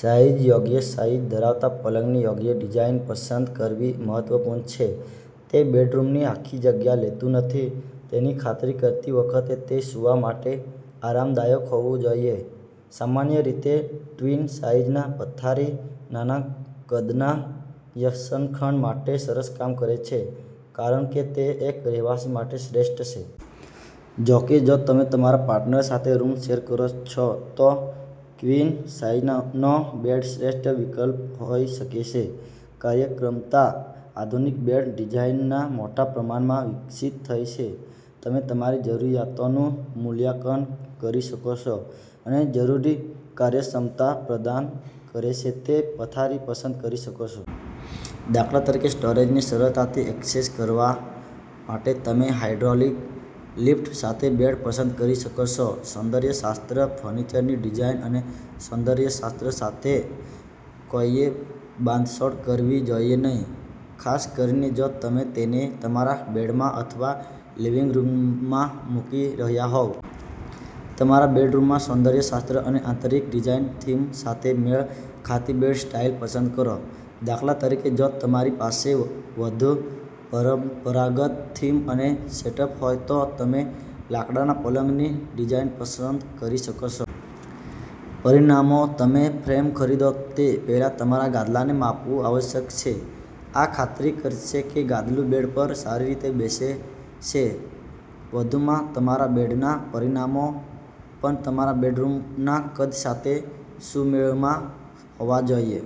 Size યોગ્ય size ધરાવતા પલંગની યોગ્ય ડિઝાઈન પસંદ કરવી મહત્વપૂર્ણ છે. તે બેડરૂમની આખી જગ્યા લેતું નથી તેની ખાતરી કરતી વખતે તે સૂવા માટે આરામદાયક હોવું જોઈએ. સામાન્ય રીતે, ટ્વીન-સાઇઝના પથારી નાના-કદના શયનખંડ માટે સરસ કામ કરે છે કારણ કે તે એક રહેવાસી માટે શ્રેષ્ઠ છે. જો કે, જો તમે તમારા પાર્ટનર સાથે રૂમ શેર કરો છો, તો ક્વીન સાઈઝનો બેડ શ્રેષ્ઠ વિકલ્પ હોઈ શકે છે. કાર્યક્ષમતા આધુનિક બેડ ડિઝાઇન મોટા પ્રમાણમાં વિકસિત થઈ છે. તમે તમારી જરૂરિયાતોનું મૂલ્યાંકન કરી શકો છો અને જરૂરી કાર્યક્ષમતા પ્રદાન કરે છે તે પથારી પસંદ કરી શકો છો. દાખલા તરીકે, સ્ટોરેજને સરળતાથી એક્સેસ કરવા માટે તમે હાઇડ્રોલિક લિફ્ટ સાથે બેડ પસંદ કરી શકો છો. સૌંદર્ય શાસ્ત્ર ફર્નિચરની ડિઝાઇન અને સૌંદર્ય શાસ્ત્ર સાથે કોઈએ બાંધછોડ કરવી જોઈએ નહીં, ખાસ કરીને જો તમે તેને તમારા બેડરૂમમાં અથવા લિવિંગ રૂમમાં મૂકી રહ્યાં હોવ. તમારા બેડરૂમના સૌંદર્ય શાસ્ત્ર અને આંતરીક ડિઝાઇન થીમ સાથે મેળ ખાતી બેડ સ્ટાઇલ પસંદ કરો. દાખલા તરીકે, જો તમારી પાસે વધુ પરંપરાગત થીમ અને સેટઅપ હોય, તો તમે લાકડાના પલંગની ડિઝાઇન પસંદ કરી શકો છો. પરિમાણો તમે ફ્રેમ ખરીદો તે પહેલાં તમારા ગાદલાને માપવું આવશ્યક છે. આ ખાતરી કરશે કે ગાદલું બેડ પર સારી રીતે બેસે છે. વધુમાં, તમારા બેડના પરિમાણો પણ તમારા બેડરૂમના કદ સાથે સુમેળમાં હોવા જોઈએ.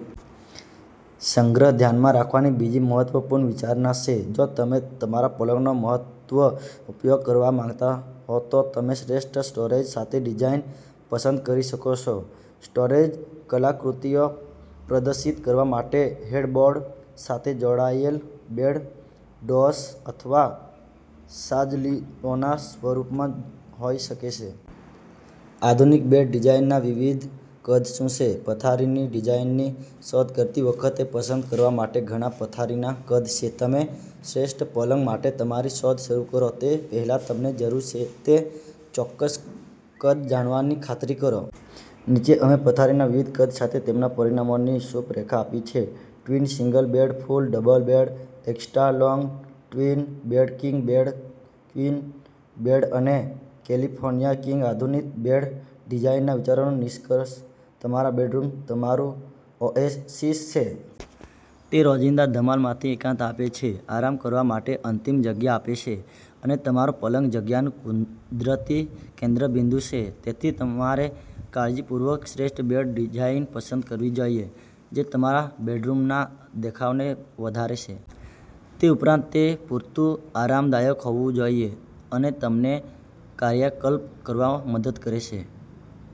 સંગ્રહ ધ્યાનમાં રાખવાની બીજી મહત્વપૂર્ણ વિચારણા છે. જો તમે તમારા પલંગનો મહત્તમ ઉપયોગ કરવા માંગતા હો, તો તમે શ્રેષ્ઠ સ્ટોરેજ સાથેની ડિઝાઇન પસંદ કરી શકો છો. સ્ટોરેજ કલાકૃતિઓ પ્રદર્શિત કરવા માટે હેડબોર્ડ સાથે જોડાયેલ બેડ ડ્રોઅર્સ અથવા છાજલીઓના સ્વરૂપમાં હોઈ શકે છે. આધુનિક બેડ ડિઝાઇનના વિવિધ કદ શું છે? પથારીની ડિઝાઇનની શોધ કરતી વખતે, પસંદ કરવા માટે ઘણા પથારીના કદ છે. તમે શ્રેષ્ઠ પલંગ માટે તમારી શોધ શરૂ કરો તે પહેલાં, તમને જરૂર છે તે ચોક્કસ કદ જાણવાની ખાતરી કરો. નીચે અમે પથારીના વિવિધ કદ સાથે તેમના પરિમાણોની રૂપરેખા આપી છે. Twin single bed, full double bed, extra long twin bed, king bed, queen bed અને કેલિફોર્નિયા કિંગ. આધુનિક બેડ ડિઝાઇન વિચારોનું નિષ્કર્ષ તમારો બેડરૂમ તમારું ઓએસિસ છે. તે રોજિંદા ધમાલમાંથી એકાંત આપે છે, આરામ કરવા માટે અંતિમ જગ્યા આપે છે. અને તમારો પલંગ જગ્યાનું કુદરતી કેન્દ્રબિંદુ છે. તેથી, તમારે કાળજીપૂર્વક શ્રેષ્ઠ બેડ ડિઝાઇન પસંદ કરવી જોઈએ જે તમારા બેડરૂમના દેખાવને વધારે છે. તે ઉપરાંત, તે પૂરતું આરામદાયક હોવું જોઈએ અને તમને કાયાકલ્પ કરવામાં મદદ કરે છે.